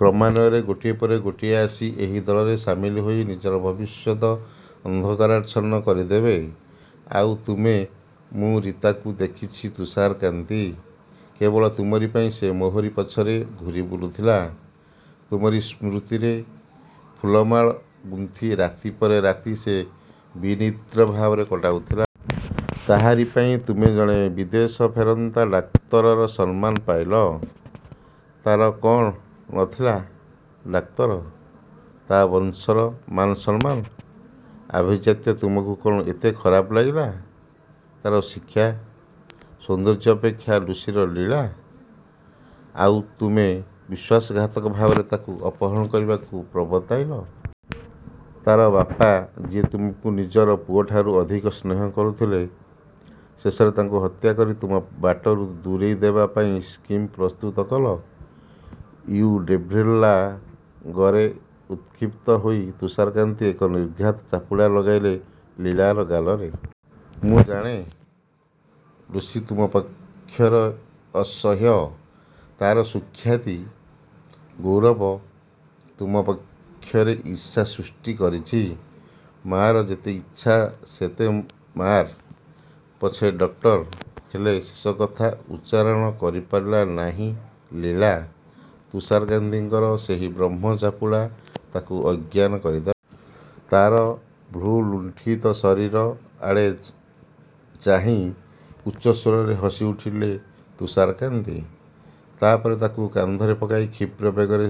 କ୍ରମାନ୍ୱୟରେ ଗୋଟିଏ ପରେ ଗୋଟିଏ ଆସି ଏହି ଦଳରେ ସାମିଲ ହୋଇ ନିଜର ଭବିଷ୍ୟତ ଅନ୍ଧକାରାଚ୍ଛନ୍ନ କରିଦେବେ। ଆଉ ତୁମେ ମୁଁ ରୀତାକୁ ଦେଖିଛି ତୁଷାରକାନ୍ତି। କେବଳ ତୁମରି ପାଇଁ ସେ ମୋହରି ପଛରେ ଘୂରି ବୁଲୁଥିଲା। ତୁମରି ସ୍ମୃତିର ଫୁଲମାଳା ଗୁନ୍ଥି ରାତି ପରେ ରାତି ସେ ବିନିଦ୍ର ଭାବରେ କଟାଉଥିଲା। ତାହାରି ପାଇଁ ତୁମେ ଜଣେ ବିଦେଶ ଫେରନ୍ତା ଡାକ୍ତରର ସମ୍ମାନ ପାଇଲ। ତାର କ'ଣ ନଥିଲା, ଡାକ୍ତର! ତା ବଂଶର ମାନସମ୍ମାନ, ଆଭିଜାତ୍ୟ ତୁମକୁ କଣ ଏତେ ଖରାପ ଲାଗିଲା? ତାର ଶିକ୍ଷା, ସୌନ୍ଦର୍ଯ୍ୟ ଅପେକ୍ଷା ଲୁସିର ଲୀଳା! ଆଉ ତୁମେ ବିଶ୍ୱାସଘାତକ ଭାବରେ ତାକୁ ଅପହରଣ କରିବାକୁ ପ୍ରବର୍ତ୍ତାଇଲ। ତାର ବାପା ଯିଏ ତୁମକୁ ନିଜର ପୁଅଠାରୁ ଅଧିକ ସ୍ନେହ କରୁଥିଲେ, ଶେଷରେ ତାଙ୍କୁ ହତ୍ୟା କରି ତୁମ ବାଟରୁ ଦୂରେଇ ଦେବା ପାଇଁ ସ୍କିମ୍ ପ୍ରସ୍ତୁତ କଲ। ୟୁ ଡେଭିଲ୍ରା ଗରେ ଉତ୍କ୍ଷିପ୍ତ ହୋଇ ତୁଷାରକାନ୍ତି ଏକ ନିର୍ଘାତ ଚାପୁଡ଼ା ଲଗାଇଲେ ଲୀଳାର ଗାଲରେ। ମୁଁ ଜାଣେ, ଲୁସି ତୁମ ପକ୍ଷରେ ଅସହ୍ୟ। ତାର ସୁଖ୍ୟାତି, ଗୌରବ, ତୁମ ପକ୍ଷରେ ଈର୍ଷା ସୃଷ୍ଟି କରିଛି। ମାର ଯେତେ ଇଚ୍ଛା ସେତେ ମାର ପଛେ ଡକ୍ଟର, ହେଲେ ଶେଷ କଥା ଉଚ୍ଚାରଣ କରିପାରିଲା ନାହିଁ ଲୀଳା। ତୁଷାରକାନ୍ତିଙ୍କର ସେହି ବ୍ରହ୍ମଚାପୁଡ଼ା ତାକୁ ଅଜ୍ଞାନ କରିଦେଲା। ତାର ଭୂଲୁଣ୍ଠିତ ଶରୀର ଆଡ଼େ ଚାହିଁ ଉଚ୍ଚସ୍ୱରରେ ହସିଉଠିଲେ ତୁଷାରକାନ୍ତି। ତା ପରେ ତାକୁ କାନ୍ଧରେ ପକାଇ କ୍ଷୀପ୍ର ବେଗରେ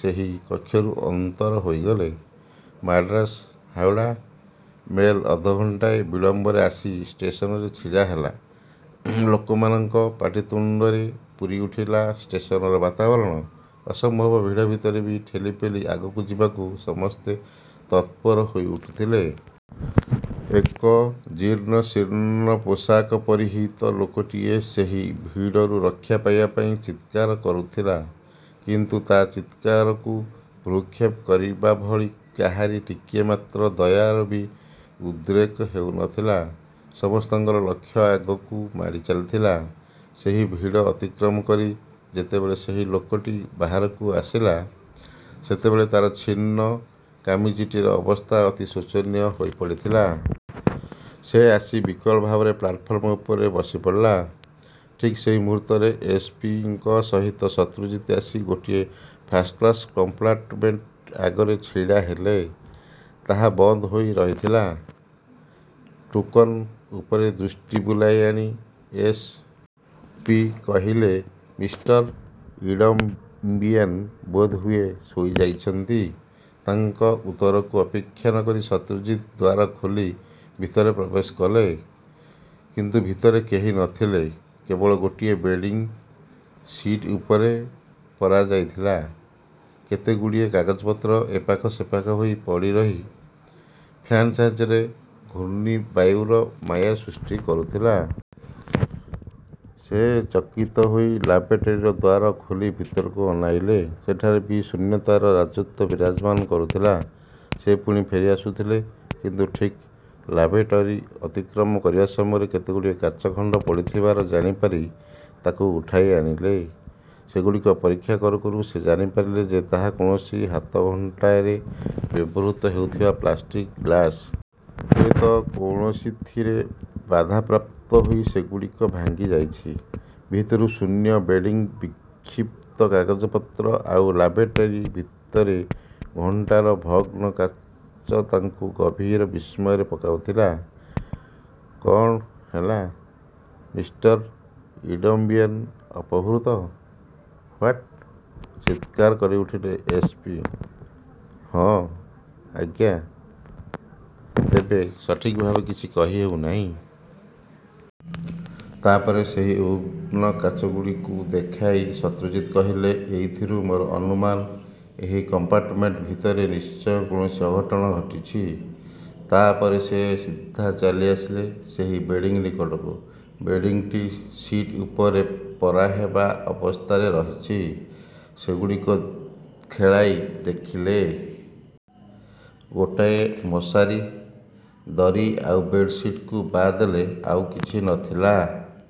ସେହି କକ୍ଷରୁ ଅନ୍ତର ହୋଇଗଲେ। ମାଡ୍ରାସ-ହାଓଡ଼ା ମେଲ୍ ଅଧଘଣ୍ଟାଏ ବିଳମ୍ବରେ ଆସି ଷ୍ଟେସନରେ ଛିଡ଼ା ହେଲା। ଲୋକମାନଙ୍କ ପାଟିତୁଣ୍ଡରେ ପୂରିଉଠିଲା ଷ୍ଟେସନର ବାତାବରଣ। ଅସମ୍ଭବ ଭିଡ଼ ଭିତରେ ବି ଠେଲିପେଲି ଆଗକୁ ଯିବାକୁ ସମସ୍ତେ ତତ୍ପର ହୋଇଉଠୁଥିଲେ। ଏକ ଜୀର୍ଣ୍ଣଶୀର୍ଣ୍ଣ ପୋଷାକ ପରିହିତ ଲୋକଟିଏ ସେହି ଭିଡ଼ରୁ ରକ୍ଷା ପାଇବା ପାଇଁ ଚିତ୍କାର କରୁଥିଲା କିନ୍ତୁ ତା ଚିତ୍କାରକୁ ଭ୍ରୂକ୍ଷେପ କରିବା ଭଳି କାହାରି ଟିକିଏ ମାତ୍ର ଦୟାର ବି ଉଦ୍ରେକ ହେଉନଥିଲା। ସମସ୍ତଙ୍କର ଲକ୍ଷ୍ୟ ଆଗକୁ ମାଡ଼ି ଚାଲିଥିଲା। ସେହି ଭିଡ଼ ଅତିକ୍ରମ କରି ଯେତେବେଳେ ସେହି ଲୋକଟି ବାହାରକୁ ଆସିଲା, ସେତେବେଳେ ତାର ଛିନ୍ନ କାମିଜଟିର ଅବସ୍ଥା ଅତି ଶୋଚନୀୟ ହୋଇପଡ଼ିଥିଲା। ସେ ଆସି ବିକଳ ଭାବରେ ପ୍ଲାଟଫର୍ମ ଉପରେ ବସିପଡ଼ିଲା। ଠିକ୍ ସେହି ମୁହୂର୍ତ୍ତରେ ଏସ୍. ପି. ଙ୍କ ସହିତ ଶତ୍ରୁଜିତ ଆସି ଗୋଟିଏ ଫାଷ୍ଟ କ୍ଲାସ୍ କମ୍ପାର୍ଟମେଣ୍ଟ ଆଗରେ ଛିଡ଼ା ହେଲେ। ତାହା ବନ୍ଦ ହୋଇ ରହିଥିଲା। ଟୁକନ୍ ଉପରେ ଦୃଷ୍ଟି ବୁଲାଇ ଆଣି ଏସ୍. ପି. କହିଲେ, ମିଷ୍ଟର ଇଡମ୍ବିଏନ୍ ବୋଧହୁଏ ଶୋଇଯାଇଛନ୍ତି। ତାଙ୍କ ଉତ୍ତରକୁ ଅପେକ୍ଷା ନକରି ଶତ୍ରୁଜିତ ଦ୍ୱାର ଖୋଲି ଭିତରେ ପ୍ରବେଶ କଲେ; କିନ୍ତୁ ଭିତରେ କେହି ନଥିଲେ। କେବଳ ଗୋଟିଏ ବେଡିଂ ସିଟ୍ ଉପରେ ପରାଯାଇଥିଲା। କେତେଗୁଡ଼ିଏ କାଗଜପତ୍ର ଏପାଖ ସେପାଖ ହୋଇ ପଡ଼ିରହି, ଫ୍ୟାନ୍ ସାହାଯ୍ୟରେ ଘୂର୍ଣ୍ଣିବାୟୁର ମାୟା ସୃଷ୍ଟି କରୁଥିଲା। ସେ ଚକିତ ହୋଇ ଲାଭେଟରୀର ଦ୍ୱାର ଖୋଲି ଭିତରକୁ ଅନାଇଲେ। ସେଠାରେ ବି ଶୂନ୍ୟତାର ରାଜତ୍ୱ ବିରାଜମାନ କରୁଥିଲା। ସେ ପୁଣି ଫେରିଆସୁଥିଲେ; କିନ୍ତୁ ଠିକ୍ ଲାଭେଟରୀ ଅତିକ୍ରମ କରିବା ସମୟରେ କେତେଗୁଡ଼ିଏ କାଚଖଣ୍ଡ ପଡ଼ିଥିବାର ଜାଣିପାରି ତାକୁ ଉଠାଇ ଆଣିଲେ। ସେଗୁଡ଼ିକ ପରୀକ୍ଷା କରୁ କରୁ ସେ ଜାଣିପାରିଲେ ଯେ ତାହା କୌଣସି ହାତଘଣ୍ଟାରେ ବ୍ୟବହୃତ ହେଉଥିବା ପ୍ଲାଷ୍ଟିକ୍ ଗ୍ଲାସ। ହୁଏତ କୌଣସିଥିରେ ବାଧାପ୍ରାପ୍ତ ହୋଇ ସେଗୁଡ଼ିକ ଭାଙ୍ଗିଯାଇଛି। ଭିତରୁ ଶୂନ୍ୟ ବେଡିଂବିକ୍ଷିପ୍ତ କାଗଜପତ୍ର ଆଉ ଲାଭେଟରୀ ଭିତରେ ଘଣ୍ଟାର ଭଗ୍ନ କାଚ ତାଙ୍କୁ ଗଭୀର ବିସ୍ମୟରେ ପକାଉଥିଲା। କ'ଣ ହେଲା? ମିଷ୍ଟର ଇଡମ୍ବିଏନ୍ ଅପହୃତ? ହ୍ୱାଟ୍? ଚିତ୍କାର କରିଉଠିଲେ ଏସ୍. ପି.। ହଁ, ଆଜ୍ଞା। ତେବେ ସଠିକ୍ ଭାବରେ କିଛି କହିହେଉନାହିଁ। ତା ପରେ ସେହି ଭଗ୍ନ କାଚଗୁଡ଼ିକ ଦେଖାଇ ଶତ୍ରୁଜିତ କହିଲେ, ଏଇଥିରୁ ମୋର ଅନୁମାନ, ଏହି କମ୍ପାର୍ଟମେଣ୍ଟ ଭିତରେ ନିଶ୍ଚୟ କୌଣସି ଅଘଟଣ ଘଟିଛି। ତା ପରେ ସେ ସିଧା ଚାଲିଆସିଲେ ସେହି ବେଡିଂ ନିକଟକୁ। ବେଡିଂଟି ସିଟ୍ ଉପରେ ପରାହେବା ଅବସ୍ଥାରେ ରହିଛି। ସେଗୁଡ଼ିକ ଖେଳାଇ ଦେଖିଲେ। ଗୋଟାଏ ମଶାରୀ, ଦରୀ ଆଉ ବେଡ୍-ସିଟ୍‌କୁ ବାଦ ଦେଲେ ଆଉ କିଛି ନଥିଲା।